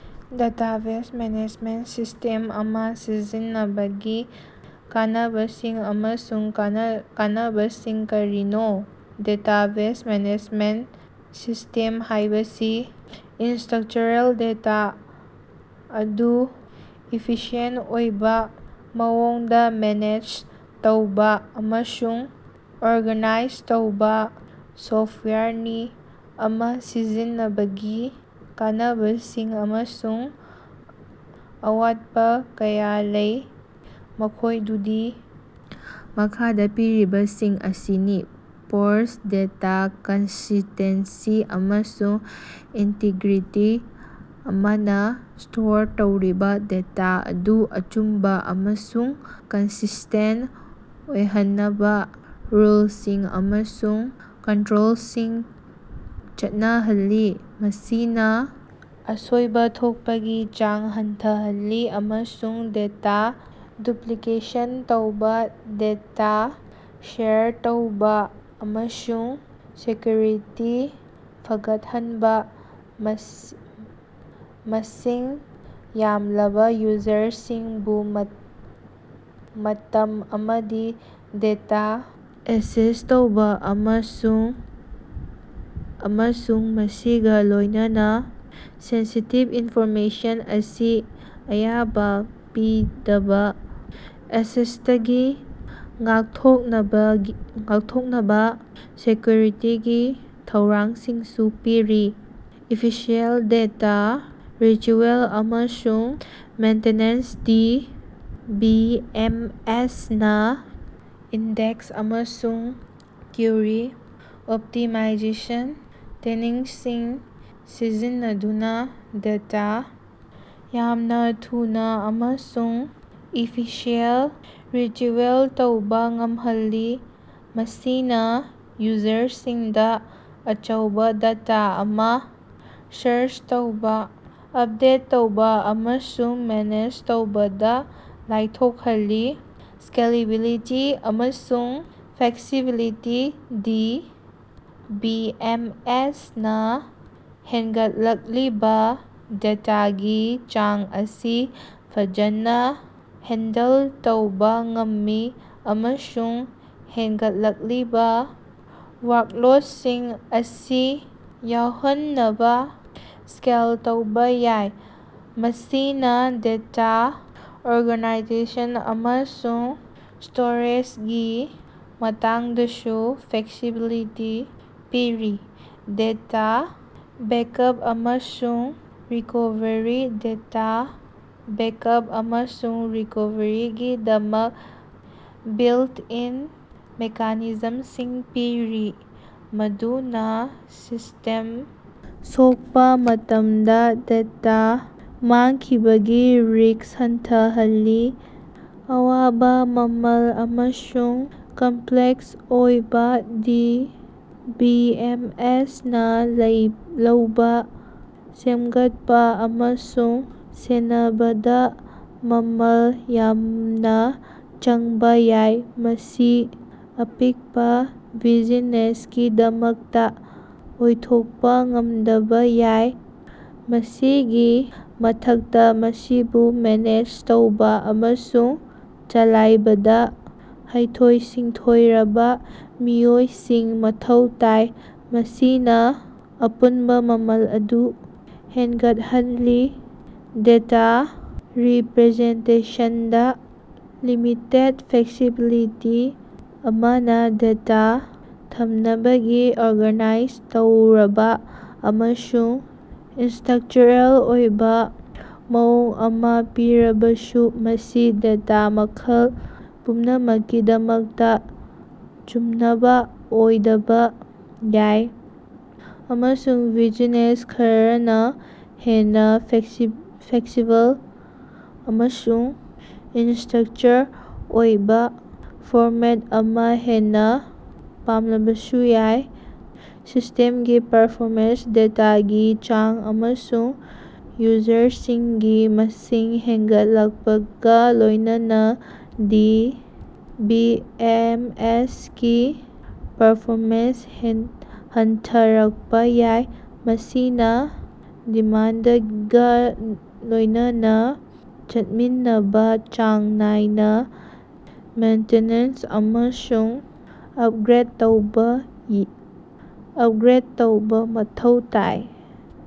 Database management system ꯑꯃꯥ ꯁꯤꯖꯤꯟꯅꯕꯒꯤ ꯀꯥꯟꯅꯕꯁꯤꯡ ꯑꯃꯁꯨꯡ ꯀꯥꯟꯅꯕꯁꯤꯡ ꯀꯔꯤꯅꯣ? ꯗꯦꯇꯥꯕꯦꯖ ꯃꯦꯅꯦꯖꯃꯦꯟꯇ ꯁꯤꯁ꯭ꯇꯦꯝ ꯍꯥꯏꯕꯁꯤ ꯏꯁ꯭ꯇꯔꯛꯆꯔꯦꯜ ꯗꯦꯇꯥ ꯑꯗꯨ ꯏꯐꯤꯁꯤꯑꯦꯟꯇ ꯑꯣꯏꯕꯥ ꯃꯑꯣꯡꯗꯥ ꯃꯦꯅꯦꯖ ꯇꯧꯕꯥ ꯑꯃꯁꯨꯡ ꯑꯣꯔꯒꯥꯅꯥꯏꯖ ꯇꯧꯕꯥ ꯁꯣꯐꯇꯋꯥꯌꯔꯅꯤ꯫ ꯑꯃꯥ ꯁꯤꯖꯤꯟꯅꯕꯒꯤ ꯀꯥꯟꯅꯕꯁꯤꯡ ꯑꯃꯁꯨꯡ ꯑꯋꯥꯠꯄꯥ ꯀꯌꯥ ꯂꯩ, ꯃꯈꯣꯏꯗꯨꯗꯤ ꯃꯈꯥꯗꯥ ꯄꯤꯔꯤꯕꯁꯤꯡꯁꯤꯅꯤ: ꯄ꯭ꯔꯣꯁ: ꯗꯦꯇꯥ ꯀꯟꯁꯤꯁ꯭ꯇꯦꯟꯁꯤ ꯑꯃꯁꯨꯡ ꯏꯟꯇꯤꯒ꯭ꯔꯤꯇꯤ: ꯑꯃꯅꯥ ꯁ꯭ꯇꯣꯔ ꯇꯧꯔꯤꯕꯥ ꯗꯦꯇꯥ ꯑꯗꯨ ꯑꯆꯨꯝꯕꯥ ꯑꯃꯁꯨꯡ ꯀꯟꯁꯤꯁ꯭ꯇꯦꯟꯇ ꯑꯣꯏꯍꯟꯅꯕꯥ ꯔꯨꯜꯁꯤꯡ ꯑꯃꯁꯨꯡ ꯀꯟꯇꯔꯣꯜꯁꯤꯡ ꯆꯠꯅꯍꯜꯂꯤ, ꯃꯁꯤꯅꯥ ꯑꯁꯣꯏꯕꯥ ꯊꯣꯛꯄꯒꯤ ꯆꯥꯡ ꯍꯟꯊꯍꯜꯂꯤ꯫ ꯑꯃꯁꯨꯡ ꯗꯦꯇꯥ ꯗꯨꯞꯂꯤꯀꯦꯁꯟ ꯇꯧꯕꯥ꯫ ꯗꯦꯇꯥ ꯁꯦꯌꯔ ꯇꯧꯕꯥ ꯑꯃꯁꯨꯡ ꯁꯦꯛꯀ꯭ꯌꯨꯔꯤꯇꯤ ꯐꯒꯠꯍꯟꯕꯥ: ꯃꯁꯤꯡ ꯌꯥꯝꯂꯕꯥ ꯌꯨꯖꯔꯁꯤꯡꯕꯨ ꯃꯇꯝ ꯑꯃꯗꯥ ꯗꯦꯇꯥ ꯑꯦꯛꯁꯦꯁ ꯇꯧꯕꯥ ꯑꯃꯁꯨꯡ ꯁꯦꯌꯔ ꯇꯧꯕꯥ ꯌꯥꯍꯜꯂꯤ ꯑꯃꯁꯨꯡ ꯃꯁꯤꯒꯥ ꯂꯣꯏꯅꯅꯥ ꯁꯦꯟꯁꯤꯇꯤꯕ ꯏꯟꯐꯣꯔꯃꯦꯁꯟ ꯑꯁꯤ ꯑꯌꯥꯕꯥ ꯄꯤꯗꯕꯥ ꯑꯦꯛꯁꯦꯁꯇꯒꯤ ꯉꯥꯛꯊꯣꯛꯅꯕꯥ ꯁꯦꯛꯀ꯭ꯌꯨꯔꯤꯇꯤꯒꯤ ꯊꯧꯔꯥꯡꯁꯤꯡꯁꯨ ꯄꯤꯔꯤ꯫ ꯏꯐꯤꯁꯤꯌꯦꯟꯇ ꯗꯦꯇꯥ ꯔꯤꯇꯔꯤꯚꯦꯜ ꯑꯃꯁꯨꯡ maintenance: D. B. M. S. ꯅꯥ ꯏꯟꯗꯦꯛꯁ ꯑꯃꯁꯨꯡ ꯀ꯭ꯌꯨꯔꯤ ꯑꯣꯞꯇꯤꯃꯥꯏꯖꯦꯁꯟ ꯇꯦꯛꯅꯤꯛꯁꯤꯡ ꯁꯤꯖꯤꯟꯅꯗꯨꯅꯥ ꯗꯦꯇꯥ ꯌꯥꯝꯅꯥ ꯊꯨꯅꯥ ꯑꯃꯁꯨꯡ ꯏꯐꯤꯁꯤꯌꯦꯟꯇ ꯔꯤꯇꯔꯤꯚꯦꯜ ꯇꯧꯕꯥ ꯉꯝꯍꯜꯂꯤ꯫ ꯃꯁꯤꯅꯥ ꯌꯨꯖꯔꯁꯤꯡꯗꯥ ꯑꯆꯧꯕꯥ ꯗꯦꯇꯥ ꯑꯃꯥ ꯁꯥꯔꯆ ꯇꯧꯕꯥ, ꯑꯄꯗꯦꯠ ꯇꯧꯕꯥ ꯑꯃꯁꯨꯡ ꯃꯦꯅꯦꯖ ꯇꯧꯕꯗꯥ ꯂꯥꯏꯊꯣꯛꯍꯜꯂꯤ꯫ ꯁ꯭ꯀꯦꯂꯦꯕꯤꯂꯤꯇꯤ ꯑꯃꯁꯨꯡ flexibility: D. B. M. S. ꯅꯥ ꯍꯦꯟꯒꯠꯂꯛꯂꯤꯕꯥ ꯗꯦꯇꯥꯒꯤ ꯆꯥꯡ ꯑꯁꯤ ꯐꯖꯅꯥ ꯍꯦꯟꯗꯜ ꯇꯧꯕꯥ ꯉꯝꯃꯤ ꯑꯃꯁꯨꯡ ꯍꯦꯟꯒꯠꯂꯛꯂꯤꯕꯥ ꯋꯥꯔꯛꯂꯣꯠꯁꯤꯡ ꯑꯁꯤ ꯌꯥꯎꯍꯟꯅꯕꯥ ꯁ꯭ꯀꯦꯜ ꯇꯧꯕꯥ ꯌꯥꯏ꯫ ꯃꯁꯤꯅꯥ ꯗꯦꯇꯥ ꯑꯣꯔꯒꯅꯥꯏꯖꯦꯁꯟ ꯑꯃꯁꯨꯡ ꯁ꯭ꯇꯣꯔꯦꯖꯒꯤ ꯃꯇꯥꯡꯗꯁꯨ ꯐ꯭ꯂꯦꯛꯁꯤꯕꯤꯂꯤꯇꯤ ꯄꯤꯔꯤ꯫ ꯗꯦꯇꯥ ꯕꯦꯛꯑꯞ ꯑꯃꯁꯨꯡ ꯔꯤꯀꯣꯚꯔꯤ: ꯗꯦꯇꯥ ꯕꯦꯛꯑꯞ ꯑꯃꯁꯨꯡ ꯔꯤꯀꯣꯚꯔꯤꯒꯤꯗꯃꯛ ꯕꯤꯜꯇ-ꯏꯟ ꯃꯦꯀꯥꯅꯤꯖꯝꯁꯤꯡ ꯄꯤꯔꯤ, ꯃꯗꯨꯅꯥ ꯁꯤꯁ꯭ꯇꯦꯝ ꯁꯣꯛꯄꯥ ꯃꯇꯝꯗꯥ ꯗꯦꯇꯥ ꯃꯥꯡꯈꯤꯕꯒꯤ ꯔꯤꯁ꯭ꯛ ꯍꯟꯊꯍꯜꯂꯤ꯫ ꯑꯋꯥꯕꯥ: ꯃꯃꯜ ꯑꯃꯁꯨꯡ ꯀꯝꯞꯂꯦꯛꯁ ꯑꯣꯏꯕꯥ: ꯗꯤ. ꯕꯤ. ꯑꯦꯝ. ꯑꯦꯁ. ꯅꯥ ꯂꯩꯂꯧꯕꯥ, ꯁꯦꯃꯒꯠꯄꯥ ꯑꯃꯁꯨꯡ ꯁꯦꯟꯅꯕꯗꯥ ꯃꯃꯜ ꯌꯥꯝꯅꯥ ꯆꯪꯕꯥ ꯌꯥꯏ, ꯃꯁꯤ ꯑꯄꯤꯛꯄꯥ ꯕꯤꯖꯤꯅꯦꯁꯒꯤꯗꯃꯛꯇꯥ ꯑꯣꯏꯊꯣꯛꯄꯥ ꯉꯝꯗꯕꯥ ꯌꯥꯏ꯫ ꯃꯁꯤꯒꯤ ꯃꯊꯛꯇꯥ, ꯃꯁꯤꯕꯨ ꯃꯦꯅꯦꯖ ꯇꯧꯕꯥ ꯑꯃꯁꯨꯡ ꯆꯂꯥꯏꯕꯗꯥ ꯍꯩꯊꯣꯏ-ꯁꯤꯡꯊꯣꯏꯔꯕꯥ ꯃꯤꯑꯣꯏꯁꯤꯡ ꯃꯊꯧ ꯇꯥꯏ, ꯃꯁꯤꯅꯥ ꯑꯄꯨꯟꯕꯥ ꯃꯃꯜ ꯑꯗꯨ ꯍꯦꯟꯒꯠꯍꯜꯂꯤ꯫ ꯗꯦꯇꯥ ꯔꯤꯄꯔꯖꯦꯟꯇꯦꯁꯟꯗꯥ ꯂꯤꯃꯤꯇꯦꯗ ꯐ꯭ꯂꯦꯛꯁꯤꯕꯤꯂꯤꯇꯤ: ꯑꯃꯅꯥ ꯗꯦꯇꯥ ꯊꯝꯅꯕꯒꯤ ꯑꯣꯔꯒꯥꯅꯥꯏꯖ ꯇꯧꯔꯕꯥ ꯑꯃꯁꯨꯡ ꯏꯁ꯭ꯇꯔꯛꯆꯔꯦꯜ ꯑꯣꯏꯕꯥ ꯃꯑꯣꯡ ꯑꯃꯥ ꯄꯤꯔꯕꯁꯨ, ꯃꯁꯤ ꯗꯦꯇꯥ ꯃꯈꯜ ꯄꯨꯝꯅꯃꯛꯀꯤꯗꯃꯛꯇꯥ ꯆꯨꯝꯅꯕꯥ ꯑꯣꯏꯗꯕꯥ ꯌꯥꯏ, ꯑꯃꯁꯨꯡ ꯕꯤꯖꯤꯅꯦꯁ ꯈꯔꯅꯥ ꯍꯦꯟꯅꯥ ꯐ꯭ꯂꯦꯛꯁꯤꯕꯜ ꯑꯃꯁꯨꯡ ꯏꯁ꯭ꯇꯔꯛꯆꯔ ꯑꯣꯏꯕꯥ ꯐꯣꯔꯃꯦꯠ ꯑꯃꯥ ꯍꯦꯟꯅꯥ ꯄꯥꯝꯂꯕꯁꯨ ꯌꯥꯏ꯫ ꯁꯤꯁ꯭ꯇꯦꯝꯒꯤ ꯄꯔꯐꯣꯃꯦꯟꯁ: ꯗꯦꯇꯥꯒꯤ ꯆꯥꯡ ꯑꯃꯁꯨꯡ ꯌꯨꯖꯔꯁꯤꯡꯒꯤ ꯃꯁꯤꯡ ꯍꯦꯟꯒꯠꯂꯛꯄꯒꯥ ꯂꯣꯏꯅꯅꯥ ꯗꯤ. B M. ꯑꯦꯁ. ꯀꯤ ꯄꯔꯐꯣꯃꯦꯟꯁ ꯍꯟꯊꯔꯛꯄꯥ ꯌꯥꯏ, ꯃꯁꯤꯅꯥ ꯗꯤꯃꯥꯟꯗꯒꯥ ꯂꯣꯏꯅꯅꯥ ꯆꯠꯃꯤꯟꯅꯕꯥ ꯆꯥꯡ ꯅꯥꯏꯅꯥ ꯃꯦꯟꯇꯤꯅꯦꯟꯁ ꯑꯃꯁꯨꯡ ꯑꯄꯒ꯭ꯔꯦꯗ ꯇꯧꯕꯥ ꯃꯊꯧ ꯇꯥꯏ꯫